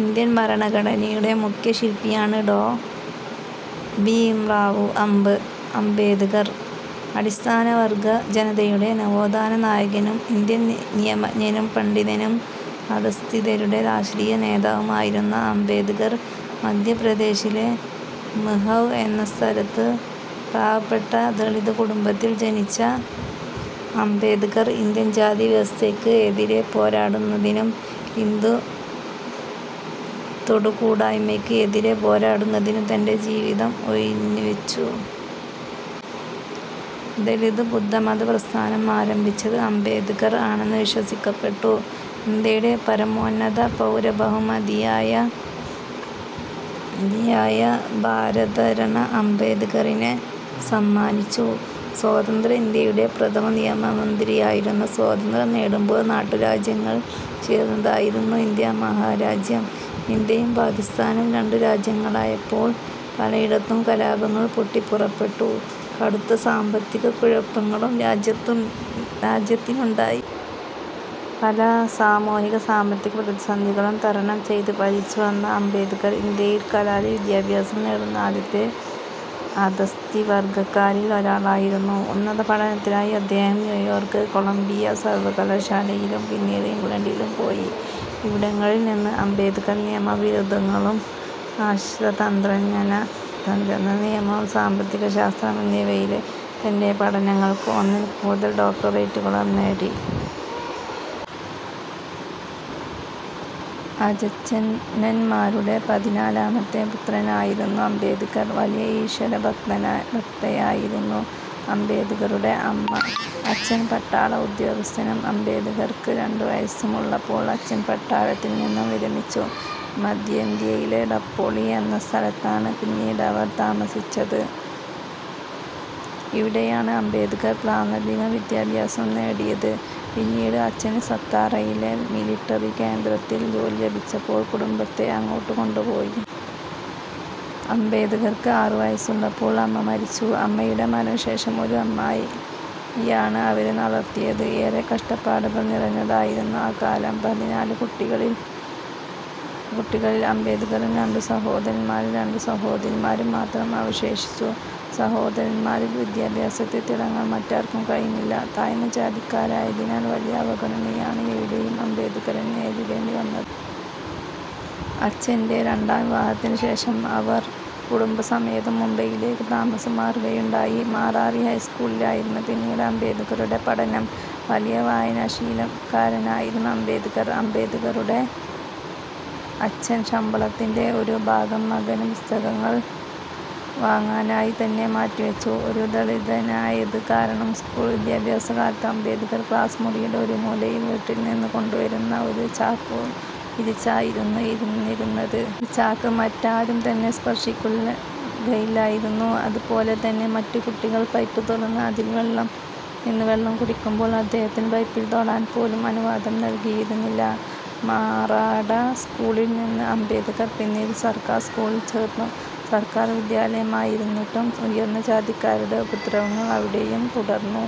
Indian ഭരണഘടനയുടെ മുഖ്യ ശില്പിയാണ് ഡോ. ഭീംറാവു അംബേഡ്കർ. അടിസ്ഥാനവർഗ്ഗ ജനതയുടെ നവോത്ഥാന നായകനും ഇന്ത്യൻ നിയമജ്ഞനും പണ്ഡിതനും അധഃസ്ഥിതരുടെ രാഷ്ട്രീയ നേതാവുമായിരുന്നു അംബേഡ്കർ. മധ്യപ്രദേശിലെ മ്ഹൌ എന്ന സ്ഥലത്തെ പാവപ്പെട്ട ദളിത് കുടുംബത്തിൽ ജനിച്ച അംബേഡ്കർ ഇന്ത്യൻ ജാതിവ്യവസ്ഥയ്ക്ക് എതിരേ പോരാടുന്നതിനും ഹിന്ദു തൊടുകൂടായ്മയ്ക്ക് എതിരേ പോരാടുന്നതിനും തന്റെ ജീവിതം ഉഴിഞ്ഞുവെച്ചു. ദളിത് ബുദ്ധമത പ്രസ്ഥാനം ആരംഭിച്ചത് അംബേഡ്കർ ആണെന്ന് വിശ്വസിക്കപ്പെട്ടു ഇന്ത്യയുടെ പരമോന്നത പൗരബഹുമതിയായ ഭാരതരത്ന അംബേഡ്കറിന് സമ്മാനിച്ചു. സ്വതന്ത്ര ഇന്ത്യയുടെ പ്രഥമ നിയമമന്ത്രിയായിരുന്നു. സ്വാതന്ത്ര്യം നേടുമ്പോൾ നാട്ടുരാജ്യങ്ങൾ ചേർന്നതായിരുന്നു ഇന്ത്യാ മഹാരാജ്യം. ഇന്ത്യയും പാകിസ്താനും രണ്ടു രാജ്യങ്ങളായപ്പോൾ പലയിടത്തും കലാപങ്ങൾ പൊട്ടിപ്പുറപ്പെട്ടു. കടുത്ത സാമ്പത്തിക കുഴപ്പങ്ങളും രാജ്യത്തിനുണ്ടായി. പല സാമൂഹിക സാമ്പത്തിക പ്രതിസന്ധികളും തരണം ചെയ്ത് പഠിച്ചുവന്ന അംബേഡ്കർ ഇന്ത്യയിൽ കലാലയ വിദ്യാഭ്യാസം നേടുന്ന ആദ്യത്തെ അധഃസ്ഥിതവർഗ്ഗക്കാരിൽ ഒരാളായിരുന്നു. ഉന്നതപഠനത്തിനായി അദ്ദേഹം ന്യൂയോർക്ക് കൊളംബിയ സർവ്വകലാശാലയിലും പിന്നീട് ഇംഗ്ലണ്ടിലും പോയി. ഇവിടങ്ങളിൽ നിന്ന് അംബേഡ്കർ നിയമബിരുദങ്ങളും രാഷ്ട്രതന്ത്രജ്ഞത, നിയമം, സാമ്പത്തികശാസ്ത്രം എന്നിവയിലെ തന്റെ പഠനങ്ങൾക്ക് ഒന്നിൽ കൂടുതൽ ഡോക്ടറേറ്റുകളും നേടി. അചഛനമ്മമാരുടെ പതിനാലാമത്തെ പുത്രനായിരുന്നു അംബേദ്കർ. വലിയ ഈശ്വരഭക്തയായിരുന്നു അംബേദ്കറുടെ അമ്മ. അച്ഛൻ പട്ടാള ഉദ്യോഗസ്ഥനും. അംബേദ്കർക്ക് രണ്ടു വയസ്സുള്ളപ്പോൾ അച്ഛൻ പട്ടാളത്തിൽ നിന്നും വിരമിച്ചു. മധ്യേന്ത്യയിലെ ഡപ്പോളി എന്ന സ്ഥലത്താണ് പിന്നീടവർ താമസിച്ചത്. ഇവിടെയാണ് അംബേദ്കർ പ്രാഥമിക വിദ്യാഭ്യാസം നേടിയത്. പിന്നീട് അച്ഛന് സത്താറയിലെ മിലിട്ടറി കേന്ദ്രത്തിൽ ജോലി ലഭിച്ചപ്പോൾ കുടുംബത്തെ അങ്ങോട്ടു കൊണ്ടുപോയി. അംബേദ്കർക്ക് ആറു വയസ്സുള്ളപ്പോൾ അമ്മ മരിച്ചു. അമ്മയുടെ മരണശേഷം ഒരു അമ്മായിയാണ് അവരെ വളർത്തിയത്. ഏറെ കഷ്ട്ടപ്പാടുകൾ നിറഞ്ഞതായിരുന്നു ആ കാലം. പതിനാല് കുട്ടികളിൽ അംബേദ്കറും രണ്ടു സഹോദരന്മാരും രണ്ടു സഹോദരിമാരും മാത്രം അവശേഷിച്ചു. സഹോദരന്മാരിൽ വിദ്യാഭ്യാസത്തിൽ തിളങ്ങാൻ മറ്റാർക്കും കഴിഞ്ഞില്ല. താഴ്ന്ന ജാതിക്കാരനായതിനാൽ വലിയ അവഗണനയാണ് എവിടെയും അംബേദ്കറിന് നേരിടേണ്ടി വന്നത്. അച്ഛന്റെ രണ്ടാം വിവാഹത്തിനു ശേഷം അവർ കുടുംബസമേതം മുംബൈയിലേക്ക് താമസം മാറുകയുണ്ടായി. മറാഠി ഹൈസ്ക്കൂളിലായിരുന്നു പിന്നീട് അംബേദ്കറുടെ പഠനം. വലിയ വായനാശീലക്കാരനായിരുന്നു അംബേദ്ക്കർ. അംബേദ്ക്കറുടെ അച്ഛൻ ശമ്പളത്തിന്റെ ഒരു ഭാഗം മകന് പുസ്തകങ്ങൾ വാങ്ങാനായി തന്നെ മാറ്റി വച്ചു. ഒരു ദളിതനായത് കാരണം സ്ക്കൂൾ വിദ്യഭ്യാസ കാലത്ത് അംബേദ്ക്കർ ക്ലാസ്മുറിയുടെ ഒരു മൂലയിൽ വീട്ടിൽ നിന്നു കൊണ്ടുവരുന്ന ഒരു ചാക്കു വിരിച്ചായിരിന്നു ഇരുന്നിരുന്നത്. ഈ ചാക്ക് മറ്റാരും തന്നെ സ്പർശിക്കുകയില്ലായിരുന്നു. അത് പോലെ തന്നെ മറ്റ് കുട്ടികൾ പൈപ്പ് തുറന്ന് അതിൽ നിന്ന് വെള്ളം കുടിക്കുമ്പോൾ അദ്ദേഹത്തിനു പൈപ്പിൽ തൊടാൻ പോലും അനുവാദം നൽകിയിരുന്നില്ല. മറാഠാ സ്ക്കൂളിൽ നിന്ന് അംബേദ്കർ പിന്നീട് സർക്കാർ സ്കൂളിൽ ചേർന്നു. സർക്കാർ വിദ്യാലയമായിരുന്നിട്ടും ഉയർന്ന ജാതിക്കാരുടെ ഉപദ്രവങ്ങൾ അവിടെയും തുടർന്നു.